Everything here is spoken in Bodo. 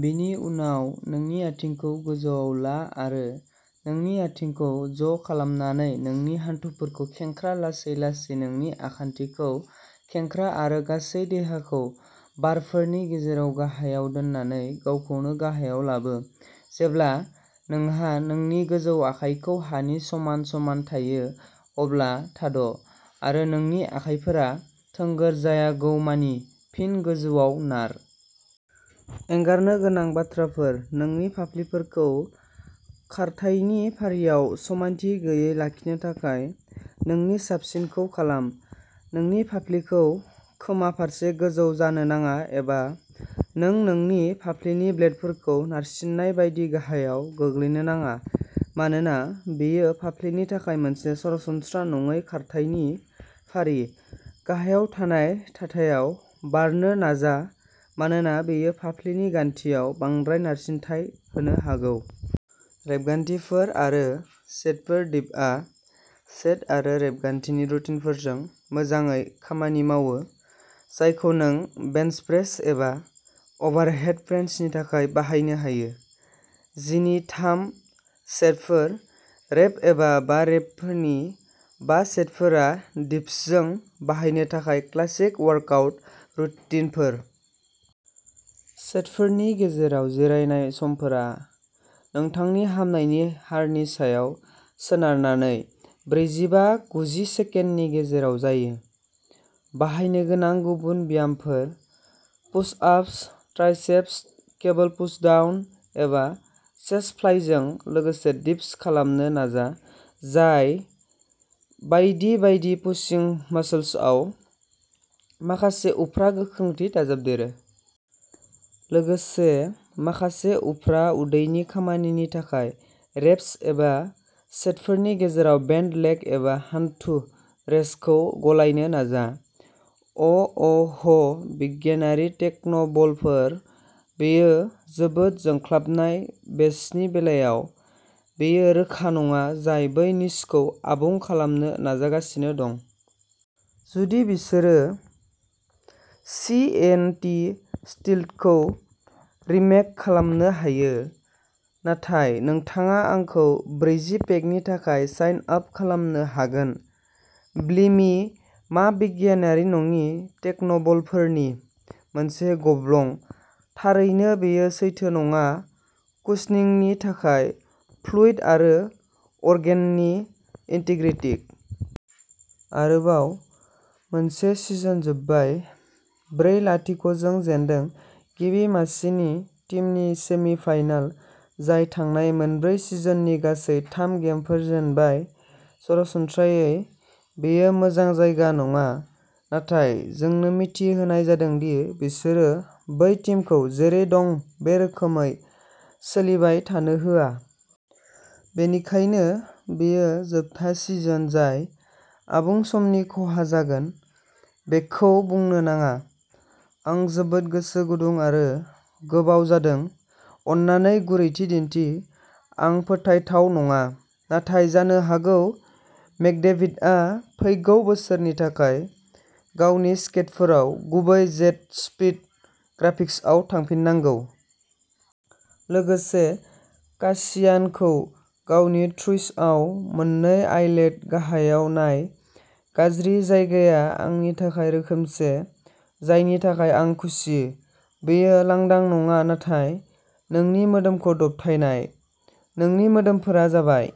बिनि उनाव, नोंनि आथिंखौ गोजौआव ला आरो नोंनि आथिंखौ ज' खालामनानै नोंनि हान्थुफोरखौ खेंख्रा लासै-लासै नोंनि आखान्थिखौ खेंख्रा आरो गासै देहाखौ बारफोरनि गेजेराव गाहायाव दोननानै गावखौनो गाहायाव लाबो। जेब्ला नोंहा नोंनि गोजौ आखाइखौ हानि समान समान थायो, अब्ला थाद' आरो नोंनि आखाइफोरा थोंगोर जायागौ मानि फिन गोजौआव नार। एंगारनो गोनां बाथ्राफोर नोंनि फाफ्लिफोरखौ खारथायनि फारियाव समानथि गैयै लाखिनो थाखाय नोंनि साबसिनखौ खालाम। नोंनि फाफ्लिखौ खोमा फारसे गोजौ जानो नाङा, एबा नों नोंनि फाफ्लिनि ब्लेडफोरखौ नारसिन्नाय बायदि गाहायाव गोग्लैनो नाङा। मानोना बेयो फाफ्लिनि थाखाय मोनसे सरासनस्रा नङै खारथायनि फारि, गाहायाव थानाय थाथायाव बारनो नाजा मानोना बेयो फाफ्लिनि गान्थिआव बांद्राय नारसिनथाय होनो हागौ। रेबगान्थिफोर आरो सेटफोर दिपआ सेट आरो रेबगान्थिनि रुटिनफोरजों मोजाङै खामानि मावो जायखौ नों बेन्च प्रेस एबा अभारहेड प्रेसनि थाखाय बाहायनो हायो। जि नि थाम सेटफोर। रेप एबा बा रेपफोरनि बा सेटफोरा डिप्सजों बाहायनो थाखाय क्लासिक वर्कआउट रुटिनफोर। सेटफोरनि गेजेराव जिरायनाय समफोरा नोंथांनि हामनायनि हारनि सायाव सोनारनानै ब्रैजिबा-गुजि सेकेन्डनि गेजेराव जायो। बाहायनो गोनां गुबुन ब्यामफोर push ups, triceps cable pushdown एबा चेस्ट फ्लाइजों लोगोसे डिप्स खालामनो नाजा, जाय बायदि बायदि पुशिं मासल्सआव माखासे उफ्रा गोख्रोंथि दाजाबदेरो। लोगोसे माखासे उफ्रा उदैनि खामानिनि थाखाय रेप्स एबा सेटफोरनि गेजेराव बेन्ट लेग एबा हानथु रेज्सखौ गलायनो नाजा। अ'अ'ह बिगियानारि टेक्न'बलफोर बेयो जोबोद जोंख्लाबनाय बेसनि बेलायाव बेयो रोखा नङा, जाय बै निशखौ आबुं खालामनो नाजागासिनो दं। जुदि बिसोरो सि एन थि स्टील्थखौ रिमेक खालामनो हायो, नाथाय नोंथाङा आंखौ ब्रैजि पेकनि थाखाय साइन आप खालामनो हागोन। ब्लिमि, मा बिगियानारि नङि टेक्न'बलफोरनि मोनसे गब्लं। थारैनो, बेयो सैथो नङा कुशनिंनि थाखाय फ्लुइड आरो अर्गेननि इन्टिग्रिटि। आरोबाव मोनसे सिजन जोबबाय। ब्रै-लाथिक' जों जेनदों। गिबि मासिनि टीमनि सेमि-फाइनाल, जाय थांनाय मोनब्रै सिजननि गासै थाम गेमफोर जेनबाय। सरासनस्रायै बेयो मोजां जायगा नङा, नाथाय जोंनो मिथि होनाय जादों दि बिसोरो बै टीमखौ जेरै दं बे रोखोमै सोलिबाय थानो होआ। बेनिखायनो बेयो जोबथा सिजन जाय आबुं समनि खहा जागोन। बेखौ बुंनो नाङा। आं जोबोद गोसो गुदुं आरो गोबाव जादों अन्नानै गुरैथि दिन्थि आं फोथायथाव नङा, नाथाय जानो हागौ मेकडेभिडआ फैगौ बोसोरनि थाखाय गावनि स्केटफोराव गुबै जेटस्पीड ग्राफिक्सआव थांफिननांगौ। लोगोसे, कासियानखौ गावनि थ्रुएसआव मोननै आइलेट गाहायाव नाय गाज्रि जायगाया आंनि थाखाय रोखोमसे, जायनि थाखाय आं खुसि। बेयो लांदां नङा नाथाय नोंनि मोदोमखौ दबथायनाय। नोंनि मोदोमफोरा जाबाय